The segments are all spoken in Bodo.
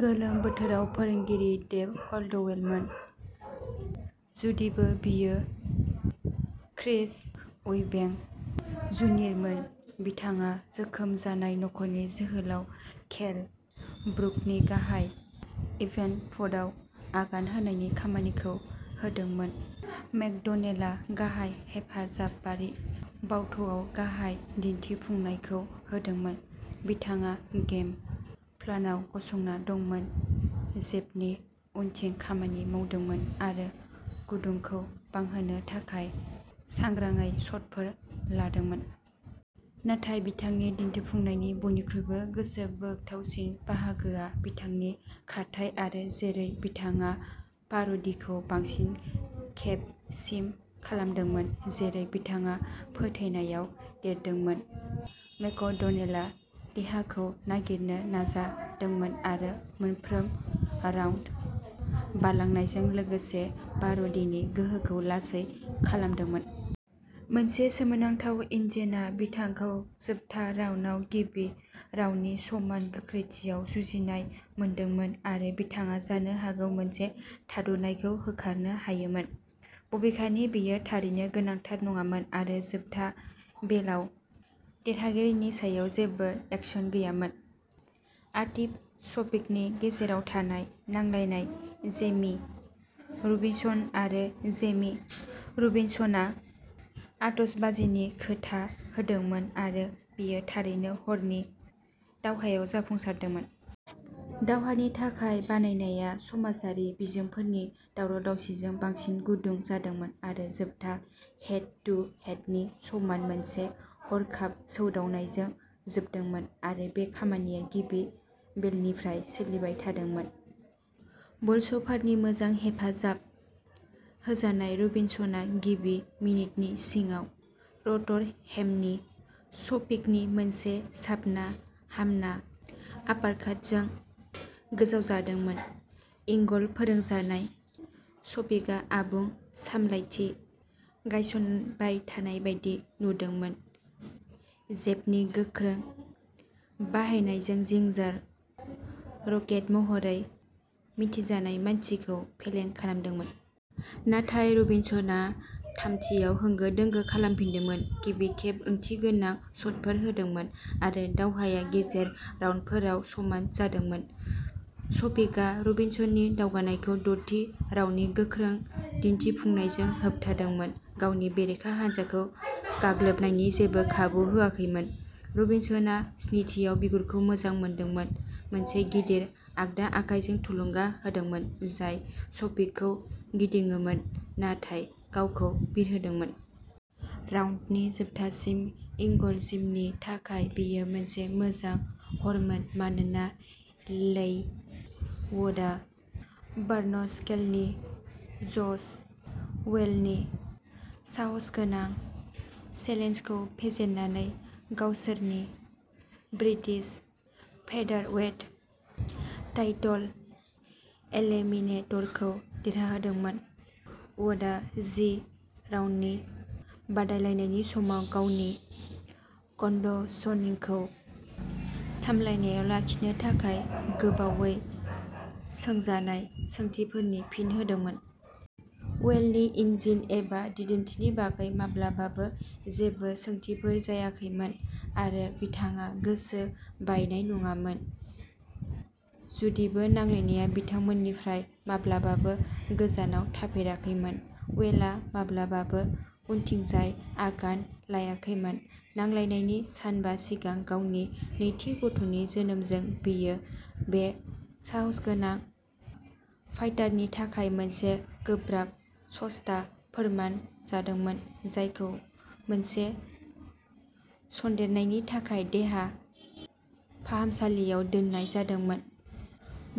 गोलोम बोथोराव फोरोंगिरि डेभ क'ल्डवेलमोन। जुदिबो बेयो क्रिस इउबेंक जुनियरमोन बिथांङा जोखोम जानाय नख'रनि जोहोलाव केल ब्रुकनि गाहाय इभेन्ट बुटआव आगान होनायनि खामानिखौ होदोंमोन मेकड'नेलआ गाहाय हेफाजाबारि बाउटआव गाहाय दिन्थिफुंनायखौ होदोंमोन। बिथाङा गेम प्लानआव गसंना दंमोन जेबनि उनथिं खामानि मावदोंमोन आरो गुदुंखौ बांहोनो थाखाय सांग्राङै शटफोर लादोंमोन। नाथाय बिथांनि दिन्थिफुंनायनि बयनिख्रुइबो गोसोबोथावसिन बाहागोआ बिथांनि खारथाइ आरो जेरै बिथाङा पार'डीखौ बांसिन खेब मिस खालामदोंमोन जेरै बिथाङा फोथायनायाव देरदोंमोन मेकड'नेलआ देहाखौ नागिरनो जागायदोंमोन आरो मोनफ्रोम राउन्ड बारलांनायजों लोगोसे पार'डीनि गोहोखौ लासै खालामदोंमोन। मोनसे सोमोनांथाव इन्जिनआ बिथांखौ जोबथा राउन्डआव गिबि राउन्डनि समान गोख्रैथियाव जुजिनाय नुदोंमोआरो बिथाङा जानो हागौ मोनसे थाद'नायखौ होखारनो हायोमोन बबेखानि बेयो थारैनो गोनांथार नङामोन आरो जोबथा बेलआव देरहागिरिनि सायाव जेबो सन्देह गैयामोन। आतिफ शफिकनि गेजेराव जानाय नांलायनाय जेमी रबिनसन आरो जेमी रबिनसनआ आतसबाजिनि खोथा होदोंमोन आरो बेयो थारैनो हरनि दावहायाव जाफुंसारदोंमोन। दावहानि थाखाय बानायनाया समाजारि बिजोंफोरनि दावराव-दावसिजों बांसिन गुदुं जादोंमोन आरो जोबथा हेड टु हेडनि समाव मोनसे हरखाब सौदावनायजों जोबदोंमोन आरो बे खामानिया गिबि बेलनिफ्राय सोलिबाय थादोंमोन बलस'भारनि मोजां हेफाजाब होजानाय रबिनसनआ गिबि मिनिटनि सिङाव र'थरहेमनि शफिकनि मोनसे साबना हामना आपारकाटजों गोजावजादोंमोन इंगल फोरोंजानाय शफिकआ आबुं सामलायथि गायसनबाय थानाय बायदि नुजादोंमोन जेबनि गोख्रों बाहायनायजों'जिंजार रकेट'महरै मिथिजानाय मानसिखौ फेलें खालामदोंमोन। नाथाय रबिनसनआ थामथिआव होंगो दोंगो खालामफिनदोंमोन गिबि खेब ओंथिगोनां शटफोर होदोंमोन आरो दावहाया गेजेर राउन्डफोराव समान जादोंमोन। शफिकआ रबिनसननि दावगानायखौ द'थि राउन्डनि गोख्रों दिन्थिफुंनायजों होबथादोंमोन गावनि बेरेखा हान्जाखौ गाग्लोबनायनि जेबो खाबु होआखैमोन। रबिनसनआ स्निथिआव बिगुरखौ मोजां मोनदोंमोन मोनसे गिदिर आगदा आखायजों थुलुंगा होजादोंमोन जाय शफिकखौ गिदिङोमोन नाथाय गावखौ बिरहोदोंमोन। राउन्डनि जोबनायसिम इंगल जिमनि थाखाय बेयो मोनसे मोजां हरमोन मानोना लेइ वुडआ बार्नस्लेनि जश वेलनि साहसगोनां चेलेन्जखौ फेजेननानै गावसोरनि ब्रिटिश फेदारवेट टाइटल एलिमिनेटरखौ देरहादोंमोन। वुडआ जि राउन्डनि बादायलायनायनि समाव गावनि कन्डिशनिंखौ सामलायनायाव लाखिनो थाखाय गोबावै सोंजानाय सोंथिफोरनि फिन होदोंमोन। वेलनि इन्जिन एबा दिदोमथिनि बागै माब्लाबाबो जेबो सोंथिफोर जायाखैमोन आरो बिथाङा गोसो बायनाय नङामोन। जुदिबो नांलायनाया बिथांनिफ्राय माब्लाबाबो गोजानाव थाफेराखैमोन वेलआ माब्लाबाबो उनथिंजाय आगान लायाखैमोन। नांलायनायनि सानबा सिगां गावनि नैथि गथ'नि जोनोमजों बेयो बे साहसगोनां फाइटारनि थाखाय मोनसे गोब्राब सप्ता फोरमान जादोंमोन जायखौ मोनसे सन्देरनायनि थाखाय देहा फाहामसालियाव दोननाय जादोंमोन।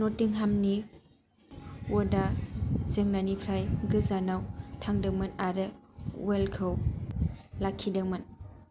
नटिंहामनि वुडआ जेंनानिफ्राय गोजानाव थादोंमोन आरो वेलखौ लाखिदोंमोन।